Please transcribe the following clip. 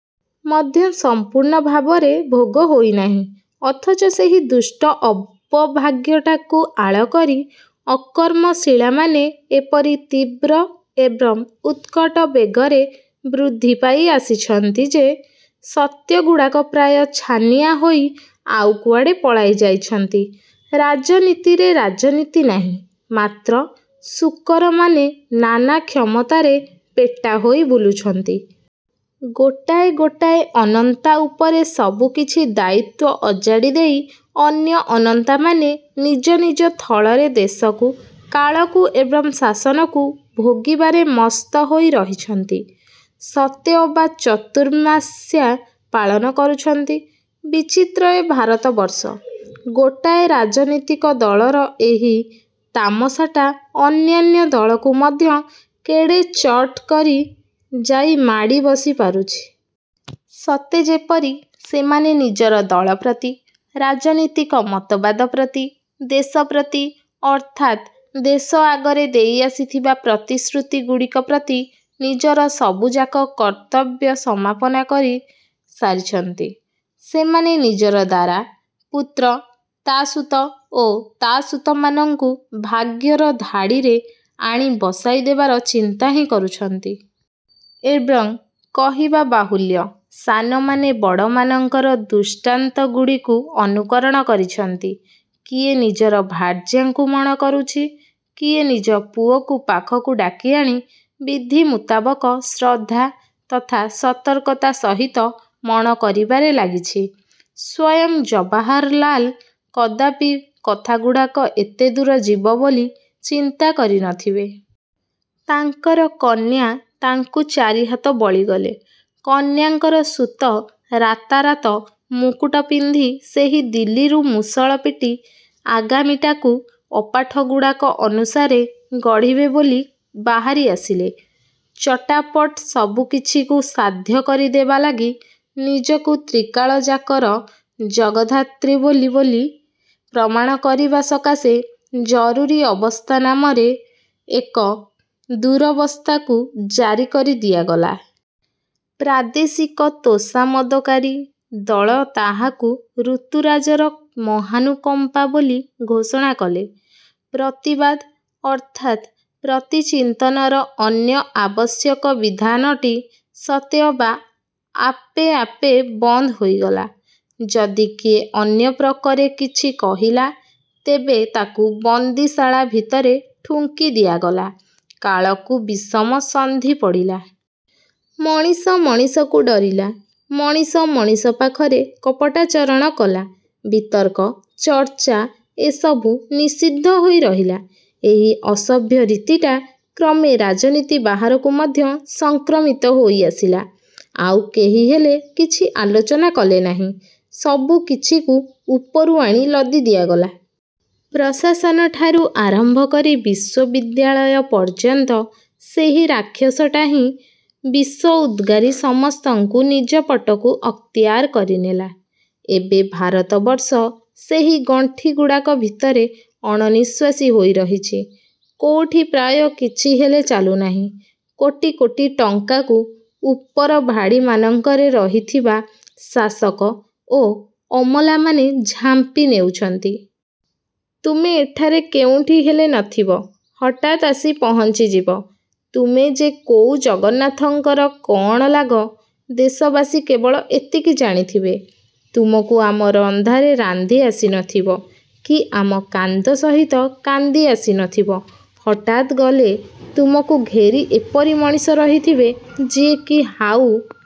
ମଧ୍ୟ ସମ୍ପୂର୍ଣ୍ଣ ଭାବରେ ଭୋଗ ହୋଇନାହିଁ। ଅଥଚ ସେହି ଦୁଷ୍ଟ ଅପଭାଗ୍ୟଟାକୁ ଆଳ କରି ଅକର୍ମଶିଳାମାନେ ଏପରି ତୀବ୍ର ଏବଂ ଉତ୍କଟ ବେଗରେ ବୃଦ୍ଧି ପାଇ ଆସିଛନ୍ତି ଯେ, ସତ୍ୟଗୁଡ଼ାକ ପ୍ରାୟ ଛାନିଆ ହୋଇ ଆଉ କୁଆଡ଼େ ପଳାଇ ଯାଇଛନ୍ତି। ରାଜନୀତିରେ ରାଜନୀତି ନାହିଁ, ମାତ୍ର ଶୂକରମାନେ ନାନା କ୍ଷମତାରେ ପେଟା ହୋଇ ବୁଲୁଛନ୍ତି। ଗୋଟାଏ ଗୋଟାଏ ଅନନ୍ତା ଉପରେ ସବୁକିଛି ଦାୟିତ୍ୱ ଅଜାଡ଼ି ଦେଇ ଅନ୍ୟ ଅନନ୍ତାମାନେ ନିଜ ନିଜ ଥଳରେ ଦେଶକୁ, କାଳକୁ ଏବଂ ଶାସନକୁ ଭୋଗିବାରେ ମସ୍ତ ହୋଇ ରହିଛନ୍ତି। ସତେଅବା ଚତୁର୍ମାସ୍ୟା ପାଳନ କରୁଛନ୍ତି। ବିଚିତ୍ର ଏ ଭାରତବର୍ଷ, ଗୋଟାଏ ରାଜନୀତିକ ଦଳର ଏହି ତାମସାଟା ଅନ୍ୟାନ୍ୟ ଦଳକୁ ମଧ୍ୟ କେଡ଼େ ଚଟ୍ କରି ଯାଇ ମାଡ଼ି ବସି ପାରୁଛି। ସତେ ଯେପରି ସେମାନେ ନିଜର ଦଳ ପ୍ରତି, ରାଜନୀତିକ ମତବାଦ ପ୍ରତି, ଦେଶ ପ୍ରତି ଅର୍ଥାତ୍ ଦେଶ ଆଗରେ ଦେଇ ଆସିଥିବା ପ୍ରତିଶ୍ରୁତିଗୁଡ଼ିକ ପ୍ରତି ନିଜର ସବୁଯାକ କର୍ତ୍ତବ୍ୟ ସମାପନ କରି ସାରିଛନ୍ତି; ସେମାନେ ନିଜର ଦାରା, ପୁତ୍ର, ତା' ସୁତ ଓ ତା' ସୁତମାନଙ୍କୁ ଭାଗ୍ୟର ଧାଡ଼ିରେ ଆଣି ବସାଇ ଦେବାର ଚିନ୍ତା ହିଁ କରୁଛନ୍ତି। ଏବଂ, କହିବା ବାହୁଲ୍ୟ, ସାନମାନେ ବଡ଼ମାନଙ୍କର ଦୃଷ୍ଟାନ୍ତଗୁଡ଼ିକୁ ଅନୁକରଣ କରିଛନ୍ତି। କିଏ ନିଜର ଭାର୍ଯ୍ୟାଙ୍କୁ ମଣ କରୁଛି, କିଏ ନିଜ ପୁଅକୁ ପାଖକୁ ଡାକିଆଣି ବିଧି ମୁତାବକ ଶ୍ରଦ୍ଧା ତଥା ସତର୍କତା ସହିତ ମଣ କରିବାରେ ଲାଗିଛି। ସ୍ୱୟଂ ଜବାହରଲାଲ କଦାପି କଥାଗୁଡ଼ାକ ଏତେଦୂର ଯିବ ବୋଲି ଚିନ୍ତା କରି ନଥିବେ। ତାଙ୍କର କନ୍ୟା ତାଙ୍କୁ ଚାରିହାତ ବଳିଗଲେ। କନ୍ୟାଙ୍କର ସୁତ ରାତାରାତ ମୁକୁଟ ପିନ୍ଧି ସେହି ଦିଲ୍ଲୀରୁ ମୁଷଳ ପିଟି ଆଗାମୀଟାକୁ ଅପାଠଗୁଡ଼ାକ ଅନୁସାରେ ଗଢ଼ିବେ ବୋଲି ବାହାରି ଆସିଲେ। ଚଟାପଟ୍ ସବୁକିଛିକୁ ସାଧ୍ୟ କରିଦେବା ଲାଗି ନିଜକୁ ତ୍ରିକାଳଯାକର ଜଗଦ୍ଧାତ୍ରୀ ବୋଲି ବୋଲି ପ୍ରମାଣ କରିବା ସକାଶେ ଜରୁରୀ ଅବସ୍ଥା ନାମରେ ଏକ ଦୁରବସ୍ଥାକୁ ଜାରି କରି ଦିଆଗଲା। ପ୍ରାଦେଶିକ ତୋଷାମଦକାରୀ ଦଳ ତାହାକୁ ଋତୁରାଜର ମହାନୁକମ୍ପା ବୋଲି ଘୋଷଣା କଲେ। ପ୍ରତିବାଦ ଅର୍ଥାତ୍ ପ୍ରତିଚିନ୍ତନର ଅନ୍ୟ ଆବଶ୍ୟକ ଵିଧାନଟି ସତେଅବା ଆପେ ଆପେ ବନ୍ଦ ହୋଇଗଲା। ଯଦି କିଏ ଅନ୍ୟ ପ୍ରକରେ କିଛି କହିଲା, ତେବେ ତାକୁ ବନ୍ଦୀଶାଳା ଭିତରେ ଠୁଙ୍କି ଦିଆଗଲା। କାଳକୁ ବିଷମ ସନ୍ଧି ପଡ଼ିଲା। ମଣିଷ ମଣିଷକୁ ଡ଼ରିଲା, ମଣିଷ ମଣିଷ ପାଖରେ କପଟାଚରଣ କଲା। ବିତର୍କ, ଚର୍ଚ୍ଚା ଏସବୁ ନିଷିଦ୍ଧ ହୋଇ ରହିଲା। ଏହି ଅସଭ୍ୟ ରୀତିଟା କ୍ରମେ ରାଜନୀତି ବାହାରକୁ ମଧ୍ୟ ସଂକ୍ରମିତ ହୋଇ ଆସିଲା। ଆଉ କେହିହେଲେ କିଛି ଆଲୋଚନା କଲେନାହିଁ। ସବୁକିଛିକୁ ଉପରୁ ଆଣି ଲଦି ଦିଆଗଲା। ପ୍ରଶାସନଠାରୁ ଆରମ୍ଭ କରି ବିଶ୍ୱବିଦ୍ୟାଳୟ ପଯ୍ୟନ୍ତ ସେହି ରାକ୍ଷସଟା ହିଁ ବିଷ ଉଦ୍ଗାରି ସମସ୍ତଙ୍କୁ ନିଜ ପଟକୁ ଅକ୍ତିଆର କରିନେଲା। ଏବେ ଭାରତବର୍ଷ ସେହି ଗଣ୍ଠିଗୁଡ଼ାକ ଭିତରେ ଅଣନିଃଶ୍ୱାସୀ ହୋଇ ରହିଛି। କୋଉଠି ପ୍ରାୟ କିଛିହେଲେ ଚାଲୁନାହିଁ। କୋଟି କୋଟି ଟଙ୍କାକୁ ଉପର ଭାଡ଼ିମାନଙ୍କରେ ରହିଥିବା ଶାସକ ଓ ଅମଲାମାନେ ଝାମ୍ପି ନେଉଛନ୍ତି। ତୁମେ ଏଠାରେ କେଉଁଠି ହେଲେ ନଥିବ, ହଠାତ୍ ଆସି ପହଞ୍ଚିଯିବ। ତୁମେ ଯେ କୋଉ ଜଗନ୍ନାଥଙ୍କର କ'ଣ ଲାଗ, ଦେଶବାସୀ କେବେଳ ଏତିକି ଜାଣିଥିବେ। ତୁମକୁ ଆମ ରନ୍ଧାରେ ରାନ୍ଧି ଆସି ନଥିବ କି ଆମ କାନ୍ଦ ସହିତ କାନ୍ଦି ଆସି ନଥିବ, ହଠାତ୍ ଗଲେ ତୁମକୁ ଘେରି ଏପରି ମଣିଷ ରହିଥିବେ, ଯିଏକି ହାଉ